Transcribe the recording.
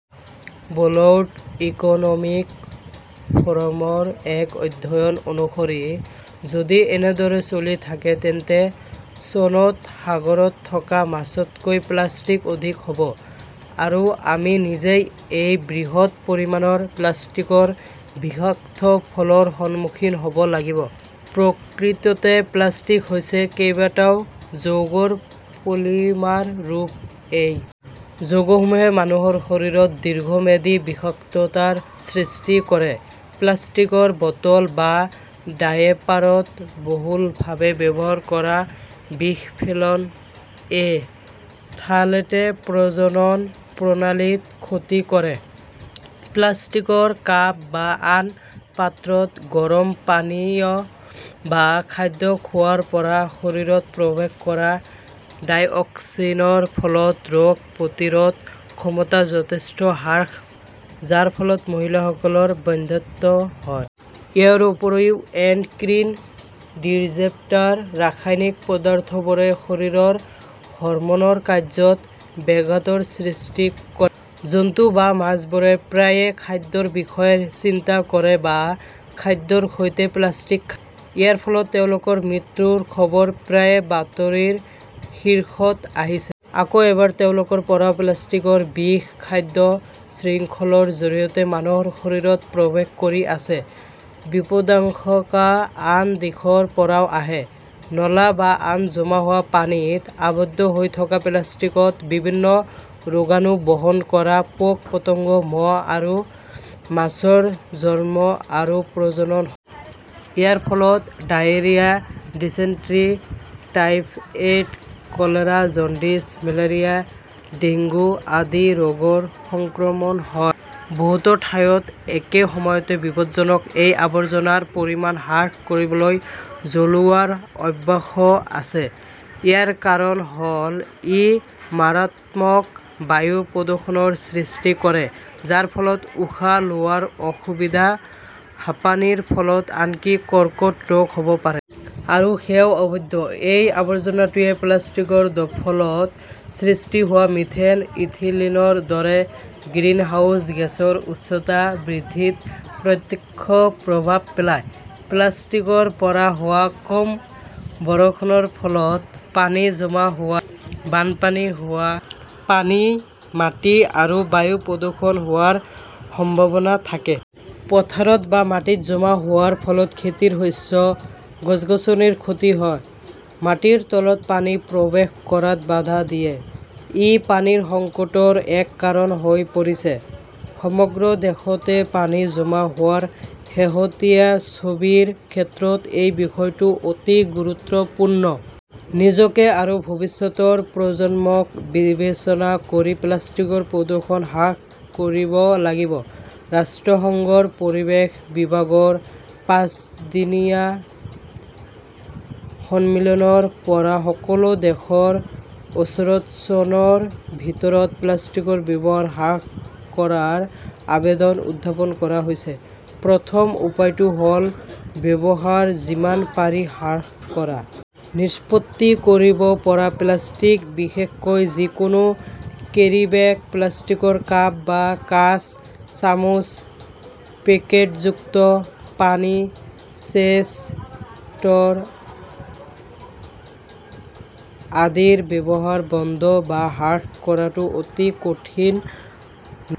World economic ফ'ৰামৰ এক অধ্যয়ন অনুসৰি, যদি এনেদৰে চলি থাকে তেন্তে চনত সাগৰত থকা মাছতকৈ প্লাষ্টিক অধিক হ'ব। আৰু আমি নিজেই এই বৃহৎ পৰিমাণৰ প্লাষ্টিকৰ বিষাক্ত ফলৰ সন্মুখীন হ'ব লাগিব। প্ৰকৃততে প্লাষ্টিক হৈছে কেইবাটাও যৌগৰ পলিমাৰ ৰূপ। এই যৌগসমূহে মানুহৰ শৰীৰত দীৰ্ঘম্যাদী বিষাক্ততাৰ সৃষ্টি কৰে। প্লাষ্টিকৰ বটল বা ডায়েপাৰত বহুলভাৱে ব্যৱহাৰ কৰা বিসফেনল এ, থ্যালেটে প্ৰজনন প্ৰণালীত ক্ষতি কৰে। প্লাষ্টিকৰ কাপ বা আন পাত্ৰত গৰম পানীয় বা খাদ্য খোৱাৰ পৰা শৰীৰত প্ৰৱেশ কৰা ডাইঅক্সিনৰ ফলত ৰোগ প্ৰতিৰোধ ক্ষমতা যথেষ্ট হ্ৰাস পায়, যাৰ ফলত মহিলাসকলৰ বন্ধ্যাত্ব হয়। ইয়াৰ উপৰিও এণ্ডক্ৰিন ডিজ্ৰেপটাৰ ৰাসায়নিক পদাৰ্থবোৰে শৰীৰৰ হৰমনৰ কাৰ্যত ব্যাঘাতৰ সৃষ্টি কৰে। জন্তু বা মাছবোৰে প্ৰায়ে খাদ্যৰ বিষয়ে চিন্তা কৰে বা খাদ্যৰ সৈতে প্লাষ্টিক খায়। ইয়াৰ ফলত তেওঁলোকৰ মৃত্যুৰ খবৰ প্ৰায়ে বাতৰিৰ শীৰ্ষত আহিছে। আকৌ এবাৰ তেওঁলোকৰ পৰাও প্লাষ্টিকৰ বিষ খাদ্য শৃংখলৰ জৰিয়তে মানুহৰ শৰীৰত প্ৰৱেশ কৰি আছে। বিপদাশংকা আন দিশৰ পৰাও আহে। নলা বা আন জমা হোৱা পানীত আবদ্ধ হৈ থকা প্লাষ্টিকত বিভিন্ন ৰোগাণু বহন কৰা পোক-পতংগ, মহ আৰু মাছৰ জন্ম আৰু প্ৰজনন হয়। ইয়াৰ ফলত diarrhoea, dysentery, typhoid, cholera, jaundice, malaria, dengue আদি ৰোগৰ সংক্ৰমণ হয়। বহুতো ঠাইত একে সময়তে বিপদজনক এই আৱৰ্জনাৰ পৰিমাণ হ্ৰাস কৰিবলৈ জ্বলোৱাৰ অভ্যাসও আছে। ইয়াৰ কাৰণ হল ই মাৰাত্মক বায়ু প্ৰদূষণৰ সৃষ্টি কৰে যাৰ ফলত উশাহ লোৱাৰ অসুবিধা, হাঁপানিৰ ফলত আনকি কৰ্কট ৰোগ হ'ব পাৰে। আৰু সেয়াও অবৈধ। এই আৱৰ্জনাটোৱে প্লাষ্টিকৰ ফলত সৃষ্টি হোৱা মিথেন, ইথিলিনৰ দৰে 'গ্ৰিনহাউজ গেছৰ উষ্ণতা বৃদ্ধিত প্ৰত্যক্ষ প্ৰভাৱ পেলায়। প্লাষ্টিকৰ পৰা হোৱা কম বৰষুণৰ ফলত পানী জমা হোৱা, বানপানী হোৱা, পানী, মাটি আৰু বায়ু প্ৰদূষণ হোৱাৰ সম্ভাৱনা থাকে। পথাৰত বা মাটিত জমা হোৱাৰ ফলত খেতিৰ শস্য, গছ-গছনিৰ ক্ষতি হয়, মাটিৰ তলত পানী প্ৰৱেশ কৰাত বাধা দিয়ে। ই পানীৰ সংকটৰ এক কাৰণ হৈ পৰিছে। সমগ্ৰ দেশতে পানী জমা হোৱাৰ শেহতীয়া ছবিৰ ক্ষেত্ৰত এই বিষয়টো অতি গুৰুত্বপূৰ্ণ। নিজকে আৰু ভৱিষ্যতৰ প্ৰজন্মক বিবেচনা কৰি প্লাষ্টিকৰ প্ৰদূষণ হ্ৰাস কৰিব লাগিব। ৰাষ্ট্ৰসংঘৰ পৰিৱেশ বিভাগৰ পাঁচদিনীয়া সন্মিলনৰ পৰা সকলো দেশৰ ওচৰত চনৰ ভিতৰত প্লাষ্টিকৰ ব্যৱহাৰ হ্ৰাস কৰাৰ আবেদন উত্থাপন কৰা হৈছে। প্ৰথম উপায়টো হ'ল ব্যৱহাৰ যিমান পাৰি হ্ৰাস কৰা। 'নিষ্পত্তি কৰিব পৰা প্লাষ্টিক বিশেষকৈ যিকোনো কেৰীবেগ, প্লাষ্টিকৰ কাপ বা কাঁচ, চামুচ, পেকেটযুক্ত পানী, চেচ, ষ্ট্ৰ আদিৰ ব্যৱহাৰ বন্ধ বা হ্ৰাস কৰাটো অতি কঠিন নহয়।